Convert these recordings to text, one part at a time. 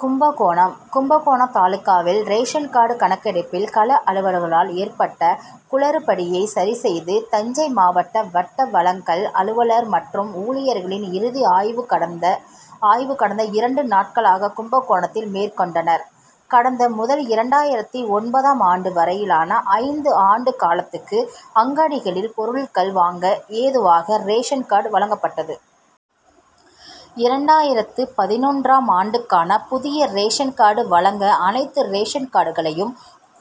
கும்பகோணம் கும்பகோணம் தாலுகாவில் ration card கணக்கெடுப்பில் கள அலுவலர்களால் ஏற்பட்ட குளறுபடியை சரி செய்து தஞ்சை மாவட்ட வட்ட வழங்கல் அலுவலர் மற்றும் ஊழியர்களின் இறுதி ஆய்வு கடந்த இரண்டு நாட்களாக கும்பகோணத்தில் மேற்கொண்டனர். கடந்த முதல் இரண்டாயிரத்தி ஒன்பதாம் ஆண்டு வரையிலான ஐந்து ஆண்டு காலத்துக்கு அங்காடிகளில் பொருள்கள் வாங்க ஏதுவாக ரேஷன் கார்டு வழங்கப்பட்டது. இரண்டாயிரத்து பதினொன்றாம் ஆண்டுக்கான புதிய ரேஷன் கார்டு வழங்க அனைத்து ரேஷன் கார்டுகளையும்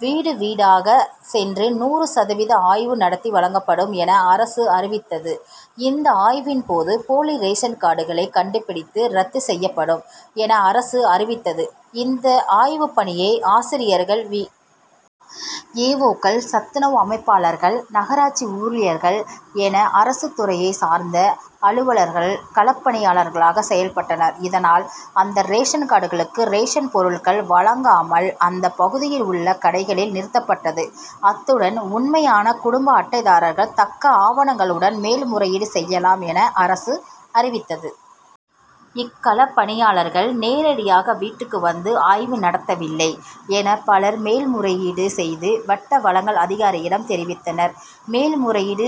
வீடு வீடாக சென்று நூறு சதவீத ஆய்வு நடத்தி வழங்கப்படும் என அரசு அறிவித்தது. இந்த ஆய்வின்போது போலி ரேஷன்கார்டுகளை கண்டுபிடித்து ரத்து செய்யப்படும், என அரசு அறிவித்தது. இந்த ஆய்வுப்பணியை ஆசிரியர்கள், வி. ஏ. ஓ.,க்கள், சத்துணவு அமைப்பாளர்கள், நகராட்சி ஊழியர்கள் என அரசுத்துறையைச் சார்ந்த அலுவலர்கள் களப்பணியாளர்களாக செயல்பட்டனர். இதனால், அந்த ரேஷன்கார்டுகளுக்கு ரேஷன் பொருட்கள் வழங்காமல் அந்த பகுதியில் உள்ள கடைகளில் நிறுத்தப்பட்டது. அத்துடன் உண்மையான குடும்ப அட்டைதாரர்கள் தக்க ஆவணங்களுடன் மேல்முறையீடு செய்யலாம் என அரசு அறிவித்தது. இக்களப்பணியாளர்கள் நேரடியாக வீட்டுக்கு வந்து ஆய்வு நடத்தவில்லை, என பலர் மேல் முறையீடு செய்து வட்ட வழங்கல் அதிகாரியிடம் தெரிவித்தனர். மேல் முறையீடு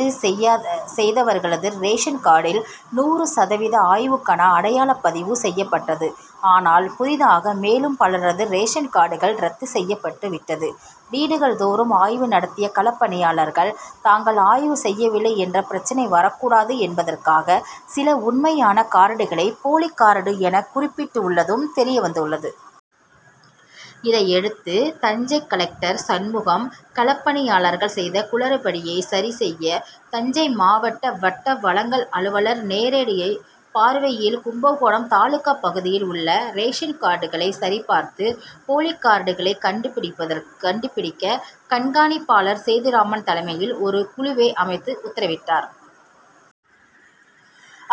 செய்தவர்களது ரேஷன்காடில் நூறு சதவீத ஆய்வுக்கான அடையாள பதிவு செய்யப்பட்டது. ஆனால், புதிதாக மேலும் பலரது ரேஷன்காடுகள் ரத்து செய்யப்பட்டுவிட்டது. வீடுகள் தோறும் ஆய்வு நடத்திய களப்பணியாளர்கள் தாங்கள் ஆய்வு செய்யவில்லை என்ற பிரச்சனை வரக்கூடாது என்பதற்காக சில உண்மையான கார்டுகளை போலி கார்டு என குறிப்பிட்டு உள்ளதும் தெரியவந்துள்ளது. இதையடுத்து, தஞ்சை கலெக்டர் சண்முகம், களப்பணியாளர்கள் செய்த குளறுபடியை சரி செய்ய தஞ்சை மாவட்ட வட்ட வழங்கல் அலுவலர் நேரடியை பார்வையில் கும்பகோணம் தாலுகா பகுதியில் உள்ள ரேஷன்கார்டுகளை சரி பார்த்து போலி கார்டுகளை கண்டுபிடிக்க கண்காணிப்பாளர் சேதுராமன் தலமையில் ஒரு குழுவை அமைத்து உத்தரவிட்டார்.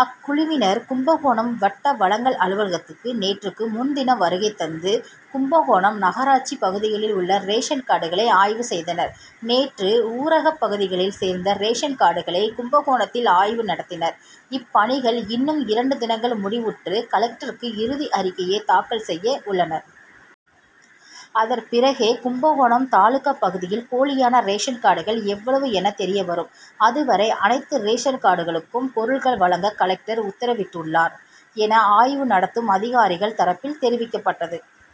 அக்குழுவினர் கும்பகோணம் வட்ட வழங்கல் அலுவலகத்துக்கு நேற்றுக்கு முன்தினம் வருகை தந்து கும்பகோணம் நகராட்சி பகுதியில் உள்ள ரேஷன் கார்டுகளை ஆய்வு செய்தனர். நேற்று ஊரக பகுதிகளில் சேர்ந்த ரேஷன்கார்டுகளை கும்பகோணத்தில் ஆய்வு நடத்தினர். இப்பணிகள் இன்னும் இரண்டு தினங்கள் முடிவுற்று கலெக்டருக்கு இறுதி அறிக்கையை தாக்கல் செய்ய உள்ளனர். அதற்பிறகே கும்பகோணம் தாலுகா பகுதியில் போலியான ரேஷன் காடுகள் எவ்வளவு என தெரியவரும். அதுவரை அனைத்து ரேஷன்காடுகளுக்கும் பொருள்கள் வழங்க கலெக்டர் உத்தரவிட்டுள்ளார், என ஆய்வு நடத்தும் அதிகாரிகள் தரப்பில் தெரிவிக்கப்பட்டது.